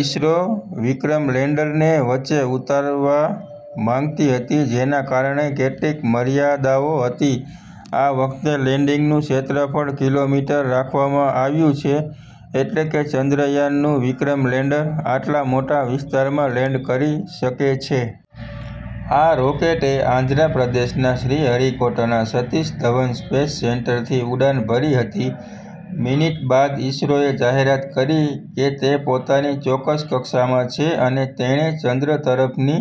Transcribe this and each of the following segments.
ઇસરો વિક્રમ લેન્ડરને વચ્ચે ઉતારવા માંગતી હતી. જેના કારણે કેટલીક મર્યાદાઓ હતી. આ વખતે લેન્ડિંગનું ક્ષેત્રફળ કિલોમીટર રાખવામાં આવ્યું છે. એટલે કે ચંદ્રયાન- નું વિક્રમ લેન્ડર આટલા મોટા વિસ્તારમાં લેન્ડ કરી શકે છે. આ રોકેટે આંધ્રપ્રદેશના શ્રીહરિકોટાના સતીશ ધવન સ્પેસ સેન્ટરથી ઉડાન ભરી હતી. મિનિટ બાદ ઈસરોએ જાહેરાત કરી કે તે પોતાની ચોક્કસ કક્ષામાં છે અને તેણે ચંદ્ર તરફની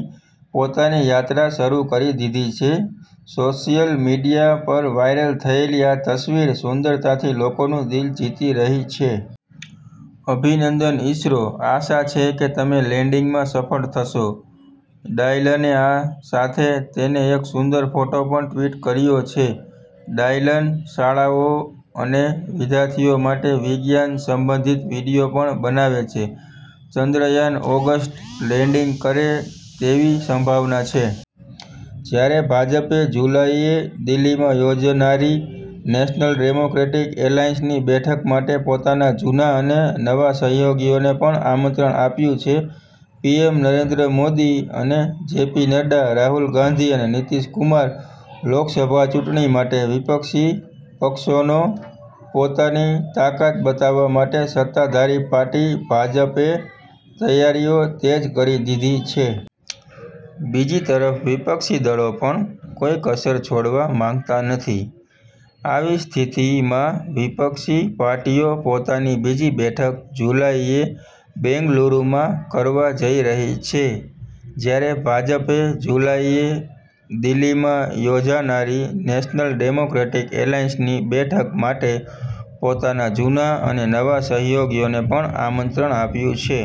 પોતાની યાત્રા શરૂ કરી દીધી છે. સોશિયલ મીડિયા પર વાયરલ થયેલી આ તસવીર સુંદરતાથી લોકોનું દિલ જીતી રહી છે. અભિનંદન ઇશરો! આશા છે કે તમે લેન્ડિંગમાં સફળ થશો. ડાયલને આ સાથે તેનો એક સુંદર ફોટો પણ ટ્વિટ કર્યો છે. ડાયલન શાળાઓ અને વિદ્યાર્થીઓ માટે વિજ્ઞાન-સંબંધિત વીડિયો પણ બનાવે છે. ચંદ્રયાન ઓગસ્ટ લેન્ડિંગ કરે તેવી સંભાવના છે. જ્યારે ભાજપે જુલાઈએ દિલ્હીમાં યોજાનારી નેશનલ ડેમોક્રેટિક એલાયન્સ ની બેઠક માટે પોતાના જૂના અને નવા સહયોગીઓને પણ આમંત્રણ આપ્યું છે, પીએમ નરેન્દ્ર મોદી અને જેપી નડ્ડા. રાહુલ ગાંધી અને નીતિશ કુમાર: લોકસભા ચૂંટણી માટે વિપક્ષી પક્ષોને પોતાની તાકાત બતાવવા માટે સત્તાધારી પાર્ટી ભાજપે તૈયારીઓ તેજ કરી દીધી છે. બીજી તરફ વિપક્ષી દળો પણ કોઈ કસર છોડવા માંગતા નથી. આવી સ્થિતિમાં વિપક્ષી પાર્ટીઓ પોતાની બીજી બેઠક જુલાઈએ બેંગલુરુમાં કરવા જઈ રહી છે. જ્યારે ભાજપે જુલાઈએ દિલ્હીમાં યોજાનારી નેશનલ ડેમોક્રેટિક એલાયન્સ ની બેઠક માટે પોતાના જૂના અને નવા સહયોગીઓને પણ આમંત્રણ આપ્યું છે.